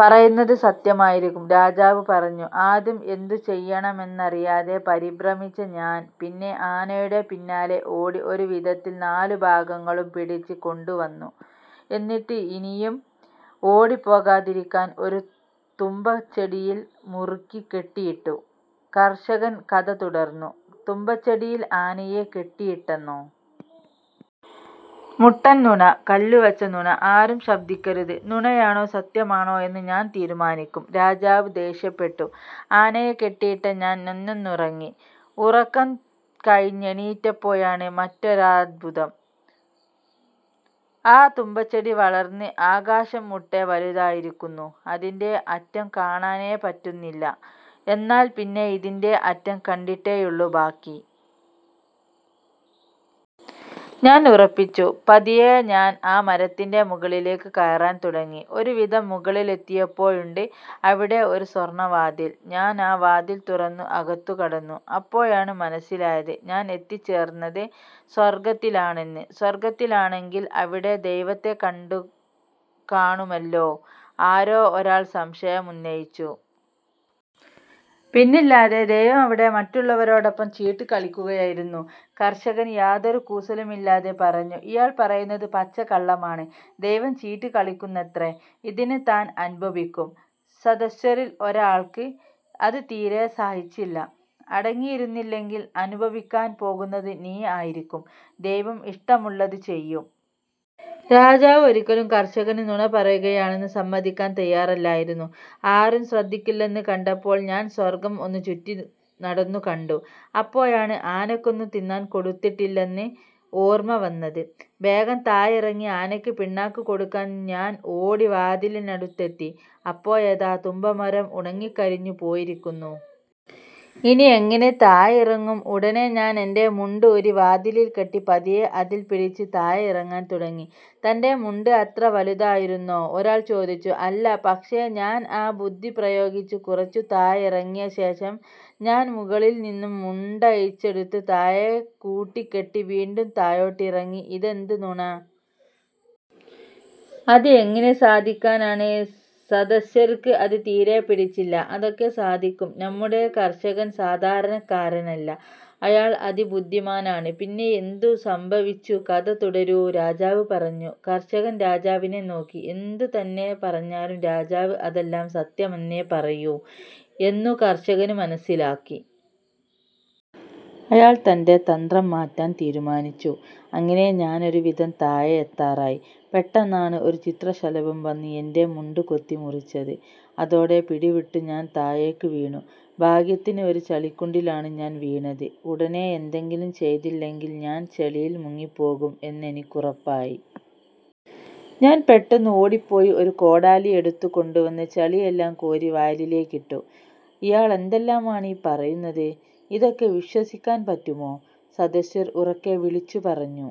പറയുന്നത് സത്യമായിരിക്കും. " രാജാവ് പറഞ്ഞു. "ആദ്യം എന്തു ചെയ്യണമെന്നറിയാതെ പരിഭ്രമിച്ച ഞാന് പിന്നെ ആനയുടെ പിന്നാലേ ഓടി ഒരു വിധത്തില് നാലു ഭാഗങ്ങളും പിടിച്ച് കൊണ്ട് വന്നു. എന്നിട്ട് ഇനിയും ഓടിപ്പോകാതിരിക്കാന് ഒരു തുമ്പച്ചെടിയില് മുറുക്കി കെട്ടിയിട്ടു. " കര്ഷകന് കഥ തുടര്ന്നു. "തുമ്പച്ചെടിയില് ആനയെ കെട്ടിയിട്ടെന്നോ. മുട്ടന് നുണ! " "കല്ലുവെച്ച നുണ! " "ആരും ശബ്ദിക്കരുത്! നുണയാണോ സത്യമാണോയെന്ന് ഞാന് തീരുമാനിക്കും" രാജാവ് ദേഷ്യപ്പെട്ടു. "ആനയെ കെട്ടിയിട്ട ഞാന് നന്യൊന്നുറങ്ങി. ഉറക്കം കഴിഞ്ഞെണീറ്റപ്പോഴാണ് മറ്റൊരാത്ഭുതം. ആ തുമ്പച്ചെടി വളര്ന്ന് ആകാശം മുട്ടെ വലുതായിരിക്കുന്നു. അതിന്റെ അറ്റം കാണാനെ പറ്റുന്നില്ല. എന്നാല് പിന്നെ ഇതിന്റെ അറ്റം കണ്ടിട്ടേയുള്ളൂ ബാക്കി. ഞാന് ഉറപ്പിച്ചു. പതിയെ ഞാന് ആ മരത്തിന്റെ മുകളിലേക്ക് കയറാന് തുടങ്ങി. ഒരു വിധം മുകളിലെത്തിയപ്പോഴുണ്ട് അവിടെ ഒരു സ്വര്ണ്ണവാതില്. ഞാന് ആ വാതില് തുറന്നു അകത്തു കടന്നു. അപ്പോഴാണ് മനസ്സിലായത്, ഞാന് എത്തിച്ചേര്ന്നത് സ്വര്ഗത്തിലാണെന്ന്! " "സ്വര്ഗത്തിലാണെങ്കില് അവിടെ ദൈവത്തെ കണ്ടുകാണുമല്ലോ? " ആരോ ഒരാള് സംശയമുന്നയിച്ചു. "പിന്നില്ലാതെ. ദൈവം അവിടെ മറ്റുള്ളവരോടൊപ്പം ചീട്ട് കളിക്കുകയായിരുന്നു. " കര്ഷകന് യാതൊരു കൂസലുമില്ലാതെ പറഞ്ഞു. "ഇയാള് പറയുന്നത് പച്ചക്കള്ളമാണ്. ദൈവം ചീട്ട് കളിക്കുന്നത്രേ! ഇതിന് താന് അനുഭവിക്കും" സദസ്യരില് ഒരാള്ക്ക് അത് തീരെ സഹിച്ചില്ല. "അടങ്ങിയിരുന്നില്ലെങ്കില് അനുഭവിക്കാന് പോകുന്നത് നീ ആയിരിക്കും. ദൈവം ഇഷ്ടമുള്ളത് ചെയ്യും. " രാജാവ് ഒരിയ്ക്കലും കര്ഷകന് നുണ പറയുകയാണെന്ന് സമ്മതിക്കാന് തയ്യാറല്ലായിരുന്നു. "ആരും ശ്രദ്ധിക്കുന്നില്ലെന്ന് കണ്ടപ്പോള് ഞാന് സ്വര്ഗം ഒന്നു ചുറ്റി നടന്നു കണ്ടു. അപ്പോഴാണ് ആനക്കൊന്നും തിന്നാന് കൊടുത്തിട്ടില്ലെന്ന് ഓര്മ്മ വന്നത്. വേഗം താഴെ ഇറങ്ങി ആനയ്ക്ക് പിണ്ണാക്ക് കൊടുക്കാന് ഞാന് ഓടി വാതിലിനടുത്തെത്തി. അപ്പോഴതാ തുമ്പ മരം ഉണങ്ങിക്കരിഞ്ഞു പോയിരിക്കുന്നു. ഇനി എങ്ങനെ താഴെ ഇറങ്ങും? " "ഉടനെ ഞാന് എന്റെ മുണ്ടൂരി വാതിലില് കെട്ടി പതിയെ അതില് പിടിച്ച് താഴെക്കിറങ്ങാന് തുടങ്ങി" "തന്റെ മുണ്ട് അത്ര വലുതായിരുന്നോ? " ഒരാള് ചോദിച്ചു "അല്ല, പക്ഷേ ഞാന് ഒരു ബുദ്ധി പ്രയോഗിച്ചു. കുറച്ചു താഴെ ഇറങ്ങിയ ശേഷം ഞാന് മുകളില് നിന്നും മുണ്ടഴിച്ചെടുത്ത് താഴെ കൂട്ടികെട്ടി വീണ്ടും താഴോട്ടിറങ്ങി" "ഇതെന്ത് നുണ. അത് എങ്ങിനെ സാധിക്കാനാണ്? " സദസ്യര്ക്ക് അത് തീരെ പിടിച്ചില്ല "അതൊക്കെ സാധിയ്ക്കും. നമ്മുടെ കര്ഷകന് സാധാരണക്കാരനല്ല. അയാള് അതിബുദ്ധിമാനാണ്. പിന്നെ എന്തു സംഭവിച്ചു. കഥ തുടരൂ. " രാജാവ് പറഞ്ഞു. കര്ഷകന് രാജാവിനെ നോക്കി. എന്തു തന്നെ പറഞ്ഞാലും രാജാവ് അതെല്ലാം സത്യമെന്നേ പറയൂ എന്നു കര്ഷകന് മനസ്സിലാക്കി. അയാള് തന്റെ തന്ത്രം മാറ്റാന് തീരുമാനിച്ചു. "അങ്ങിനെ ഞാന് ഒരു വിധം താഴെയെത്താറായി. പെട്ടെന്നാണ് ഒരു ചിത്രശലഭം വന്നു എന്റെ മുണ്ട് കൊത്തി മുറിച്ചത്. അതോടെ പിടി വിട്ടു ഞാന് താഴേയ്ക്ക് വീണു. ഭാഗ്യത്തിന് ഒരു ചളിക്കുണ്ടിലാണ് ഞാന് വീണത്. ഉടനെ എന്തെങ്കിലും ചെയ്തില്ലെങ്കില് ഞാന് ചളിയില് മുങ്ങിപ്പോകും എന്നെനിക്കുറപ്പായി. ഞാന് പെട്ടെന്നു ഓടിപ്പോയി ഒരു കോടാലി എടുത്ത്കൊണ്ട് വന്ന് ചളിയെല്ലാം കോരി വയലിലേക്കിട്ടു" "ഇയാളെന്തെല്ലാമാണ് ഈ പറയുന്നത്? ഇതൊക്കെ വിശ്വസിക്കാന് പറ്റുമോ? " സദസ്യര് ഉറക്കെ വിളിച്ചു പറഞ്ഞു.